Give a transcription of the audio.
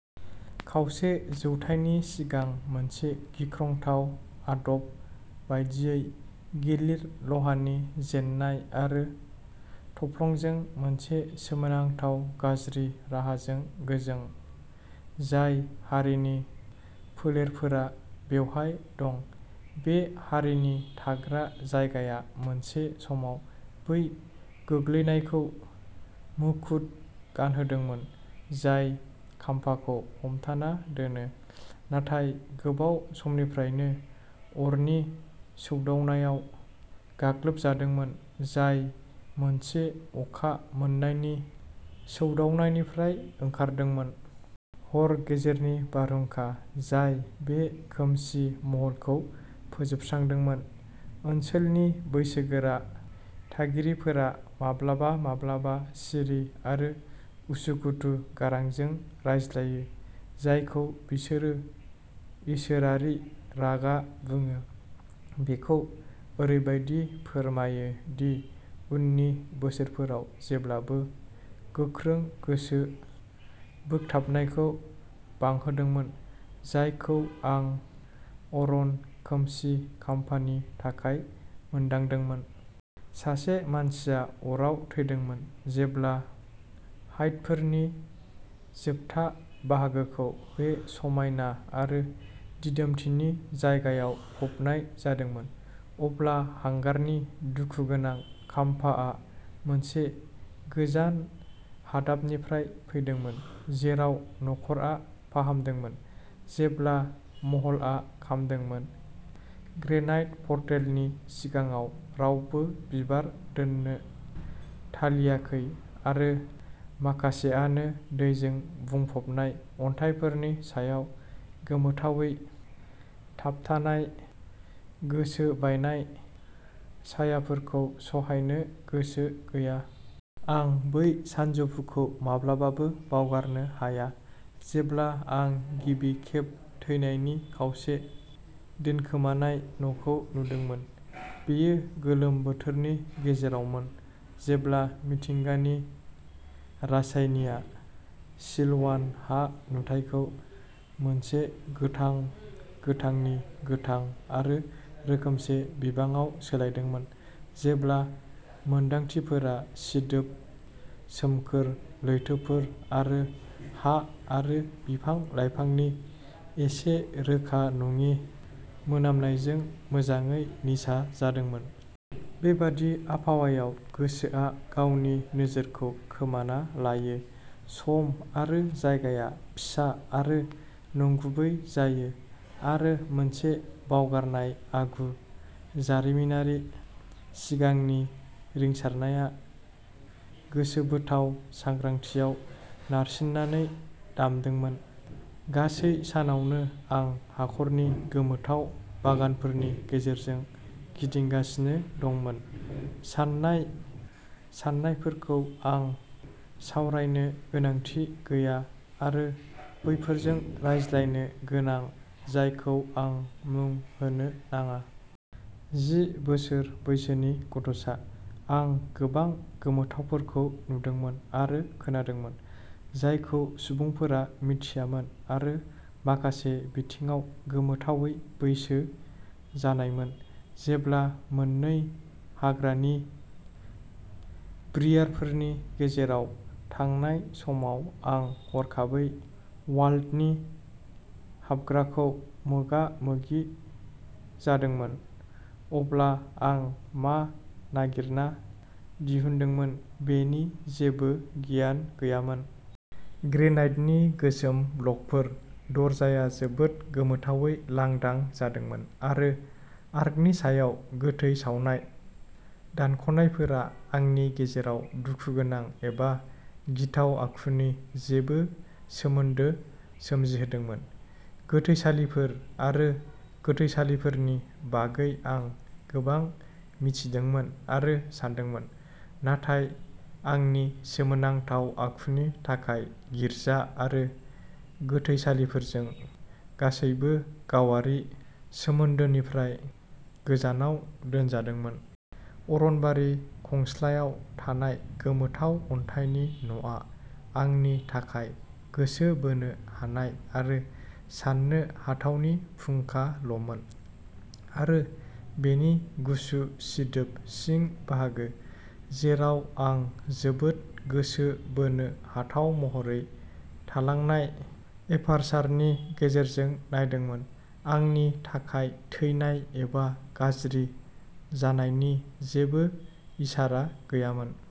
खावसे जौथायनि सिगांनि मोनसे गिख्रंथाव आदब बायदियै, गिलिर लहानि जेन्नाय आरो थफ्लंजों मोनसे सोमोनांथाव गाज्रि राहाजों गोजों। जाय हारिनि फोलेरफोरा बेवहाय दं, बे हारिनि थाग्रा जायगाया मोनसे समाव बै गोग्लैनायखौ मुखुत गानहोदोंमोन जाय खाम्फाखौ हमथाना दोनो, नाथाय गोबाव समनिफ्रायनो अरनि सौदावनायाव गाग्लोबजादोंमोन, जाय मोनसे अखा मोन्नायनि सौदावनायनिफ्राय ओंखारदोंमोन। हर गेजेरनि बारहुंखा जाय बे खोमसि महलखौ फोजोबस्रांदोंमोन, ओनसोलनि बैसोगोरा थागिरिफोरा माब्लाबा माब्लाबा सिरि आरो उसुखुथु गारांजों रायज्लायो, जायखौ बिसोरो इसोरारि रागा बुङो, बेखौ ओरैबायदि फोरमायो दि उननि बोसोरफोराव जेब्लाबो गोख्रों गोसो बोगथाबनायखौ बांहोदोंमोन जायखौ आं अरन खोमसि खाम्फानि थाखाय मोनदांदोंमोन। सासे मानसिया अराव थैदोंमोन। जेब्ला हाइडफोरनि जोबथा बाहागोखौ बे सायना आरो दिदोमथिनि जायगायाव फबनाय जादोंमोन, अब्ला हांगारानि दुखुगोनां खामफाआ मोनसे गोजान हादाबनिफ्राय फैदोंमोन, जेराव न'खरआ फाहामदोंमोन। जेब्ला महलआ खामदोंमोन। ग्रेनाइट पर्टेलनि सिगाङाव रावबो बिबार दोन्नो थालियाखै आरो माखासेआनो दैजों बुंफबनाय अन्थाइफोरनि सायाव गोमोथावै थाबथानाय गोसोबायनाय सायाफोरखौ सहायनो गोसो गैया। आं बै सानजौफुखौ माब्लाबाबो बावगारनो हाया जेब्ला आं गिबि खेब थैनायनि खावसे दोनखोमानाय न'खौ नुदोंमोन। बेयो गोलोम बोथोरनि गेजेरावमोन, जेब्ला मिथिंगानि रासायनिया सिलवान हा नुथायखौ मोनसे गोथां गोथांनि गोथां आरो रोखोमसे बिबाङाव सोलायदोंमोन, जेब्ला मोनदांथिफोरा सिदोब सोमखोर लैथोफोर आरो हा आरो बिफां लाइफांनि एसे रोखा नङि मोनामनायजों मोजाङै निसा जादोंमोन। बेबादि आबहावायाव गोसोआ गावनि नोजोरखौ खोमाना लायो, सम आरो जायगाया फिसा आरो नंगुबै जायो आरो मोनसे बावगारनाय आगु जारिमिनारि सिगांनि रिंसारनाया गोसोबोथाव सांग्रांथियाव नारसिननानै दामदोंमोन। गासै सानावनो आं हाखरनि गोमोथाव बागानफोरनि गेजेरजों गिदिंगासिनो दंमोन, साननाय साननायफोरखौ आं सावरायनो गोनांथि गैया आरो बैफोरजों रायज्लायनो गोनां जायखौ आं मुं होनो नाङा। जि बोसोर बैसोनि गथ'सा, आं गोबां गोमोथावफोरखौ नुदोंमोन आरो खोनादोंमोन, जायखौ सुबुंफोरा मिथियामोन आरो माखासे बिथिङाव गोमोथावै बैसो जानायमोन। जेब्ला, मोननै हाग्रानि ब्रियारफोरनि गेजेराव थांनाय समाव आं हरखाबै वाल्टनि हाबग्राखौ मोगा मोगि जादोंमोन, अब्ला आं मा नागिरना दिहुनदोंमोन बेनि जेबो गियान गैयामोन। ग्रेनाइटनि गोसोम ब्लकफोर, दरजाया जोबोद गोमोथावै लांदां जादोंमोन आरो आर्कनि सायाव गोथै सावनाय दानख'नायफोरा, आंनि गेजेराव दुखुगोनां एबा गिथाव आखुनि जेबो सोमोन्दो सोमजिहोदोंमोन। गोथैसालिफोर आरो गोथैसालिफोरनि बागै आं गोबां मिथिदोंमोन आरो सानदोंमोन, नाथाय आंनि सोमोनांथाव आखुनि थाखाय गिर्जा आरो गोथैसालिफोरजों गासैबो गावारि सोमोन्दोनिफ्राय गोजानाव दोनजादोंमोन। अरनबारि खंस्लायआव थानाय गोमोथाव अन्थाइनि न'आ आंनि थाखाय गोसो बोनो हानाय आरो सान्नो हाथावनि फुंखा ल'मोन आरो बेनि गुसु, सिदोब सिं बाहागो, जेराव आं जोबोद गोसो बोनो हाथाव महरै थालांनाय एपार्सारनि गेजेरजों नायदोंमोन, आंनि थाखाय थैनाय एबा गाज्रि जानायनि जेबो इसारा गैयामोन।